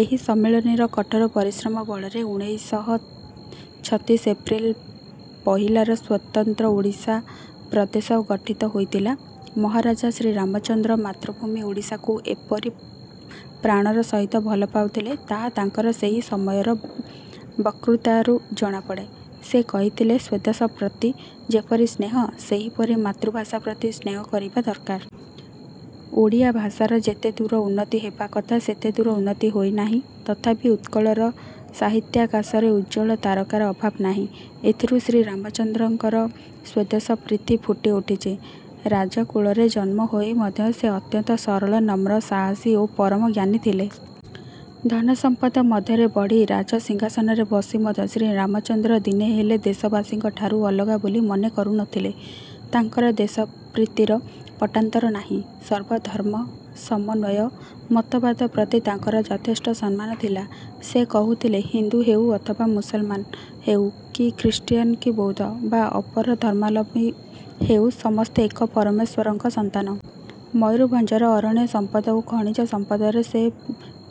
ଏହି ସମ୍ମିଳନୀର କଠୋର ପରିଶ୍ରମ ବଳରେ ଉଣେଇଶ ଶହ ଛତିଶ ଏପ୍ରିଲ ପହିଲାରେ ସ୍ୱତନ୍ତ୍ର ଓଡ଼ିଶା ପ୍ରଦେଶ ଗଠିତ ହୋଇଥିଲା। ମହାରାଜା ଶ୍ରୀରାମଚନ୍ଦ୍ର ମାତୃଭୂମି ଓଡ଼ିଶାକୁ ଏପରି ପ୍ରାଣର ସହିତ ଭଲ ପାଉଥିଲେ ତାହା ତାଙ୍କର ସେହି ସମୟର ବତ୍କୃତାରୁ ଜଣାପଡ଼େ। ସେ କହିଥିଲେ ସ୍ୱଦେଶ ପ୍ରତି ଯେପରି ସ୍ନେହ ସେହିପରି ମାତୃଭାଷା ପ୍ରତି ସ୍ନେହ କରିବା ଦରକାର। ଓଡ଼ିଆ ଭାଷାର ଯେତେ ଦୂର ଉନ୍ନତି ହେବା କଥା ସେତେ ଦୂର ଉନ୍ନତି ହୋଇ ନାହିଁ ତଥାପି ଉତ୍କଳର ସାହିତ୍ୟାକାଶରେ ଉଜ୍ଜଳ ତାରକାର ଅଭାବ ନାହିଁ। ଏଥିରୁ ଶ୍ରୀରାମଚନ୍ଦ୍ରଙ୍କର ସ୍ୱଦେଶ ପ୍ରୀତି ଫୁଟି ଉଠିଛି। ରାଜକୁଳରେ ଜନ୍ମ ହୋଇ ମଧ୍ୟ ସେ ଅତ୍ୟନ୍ତ ସରଳ ନମ୍ର ସାହାସୀ ଓ ପରମ ଜ୍ଞାନୀ ଥିଲେ। ଧନସମ୍ପଦ ମଧ୍ୟରେ ବଢ଼ି ରାଜ ସିଂହାସନରେ ବସି ମଧ୍ୟ ଶ୍ରୀରାମଚନ୍ଦ୍ର ଦିନେ ହେଲେ ଦେଶବାସୀଙ୍କ ଠାରୁ ଅଲଗା ବୋଲି ମନେ କରୁନଥିଲେ। ତାଙ୍କର ଦେଶପ୍ରୀତିର ପଟ୍ଟାନ୍ତର ନାହିଁ। ସର୍ବଧର୍ମ ସମନ୍ୱୟ ମତବାଦ ପ୍ରତି ତାଙ୍କର ଯଥେଷ୍ଟ ସମ୍ମାନ ଥିଲା। ସେ କହୁଥିଲେ ହିନ୍ଦୁ ହେଉ ଅଥବା ମୁସଲମାନ ହେଉ କି ଖ୍ରୀଷ୍ଟିଆନ କି ବୌଦ୍ଧ ବା ଅପର ଧର୍ମାବଲମ୍ବୀ ହେଉ ସମସ୍ତେ ଏକ ପରମେଶ୍ୱରଙ୍କ ସନ୍ତାନ। ମୟୂରଭଞ୍ଜର ଅରଣ୍ୟ ସମ୍ପଦ ଓ ଖଣିଜ ସମ୍ପଦର ସେ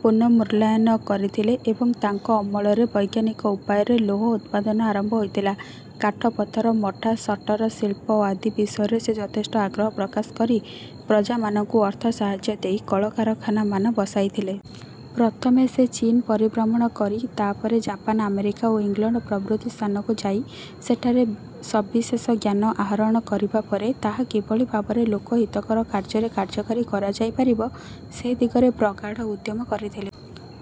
ପୁନର୍ମୂଲ୍ୟାୟନ କରିଥିଲେ ଏବଂ ତାଙ୍କ ଅମଳରେ ବୈଜ୍ଞାନିକ ଉପାୟରେ ଲୌହ ଉତ୍ପାଦନ ଆରମ୍ଭ ହୋଇଥିଲା। କାଠ ପଥର ମଠା ସଟର ଶିଳ୍ପ ଆଦି ବିଷୟରେ ସେ ଯଥେଷ୍ଟ ଆଗ୍ରହ ପ୍ରକାଶ କରି ପ୍ରଜାମାନଙ୍କୁ ଅର୍ଥ ସାହାଯ୍ୟ ଦେଇ କଳକାରଖାନାମାନ ବସାଇଥିଲେ। ପ୍ରଥମେ ସେ ଚୀନ ପରିଭ୍ରମଣ କରି ତାପରେ ଜାପାନ ଆମେରିକା ଓ ଇଂଲଣ୍ଡ ପ୍ରଭୃତି ସ୍ଥାନକୁ ଯାଇ ସେଠାରେ ସବିଶେଷ ଜ୍ଞାନ ଆହରଣ କରିବା ପରେ ତାହା କିଭଳି ଭାବରେ ଲୋକ ହିତକର କାର୍ଯ୍ୟରେ କାର୍ଯ୍ୟକାରୀ କରାଯାଇ ପାରିବ ସେ ଦିଗରେ ପ୍ରଗାଢ଼ ଉଦ୍ୟମ କରିଥିଲେ।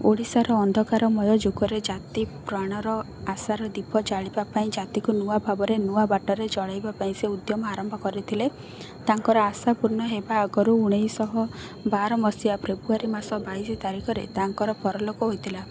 ଓଡ଼ିଶାର ଅନ୍ଧକାରମୟ ଯୁଗରେ ଜାତି ପ୍ରାଣର ଆଶାର ଦୀପ ଜାଳିବା ପାଇଁ ଜାତିକୁ ନୂଆ ଭାବରେ ନୂଆ ବାଟରେ ଜଳେଇବା ପାଇଁ ସେ ଉଦ୍ୟମ ଆରମ୍ଭ କରିଥିଲେ। ତାଙ୍କର ଆଶା ପୂର୍ଣ୍ଣ ହେବା ଆଗରୁ ଉଣେଇ ଶହ ବାର ମସିହା ଫେବୃଆରୀ ମାସ ବାଇଶି ତାରିଖରେ ତାଙ୍କର ପରଲୋକ ହୋଇଥିଲା।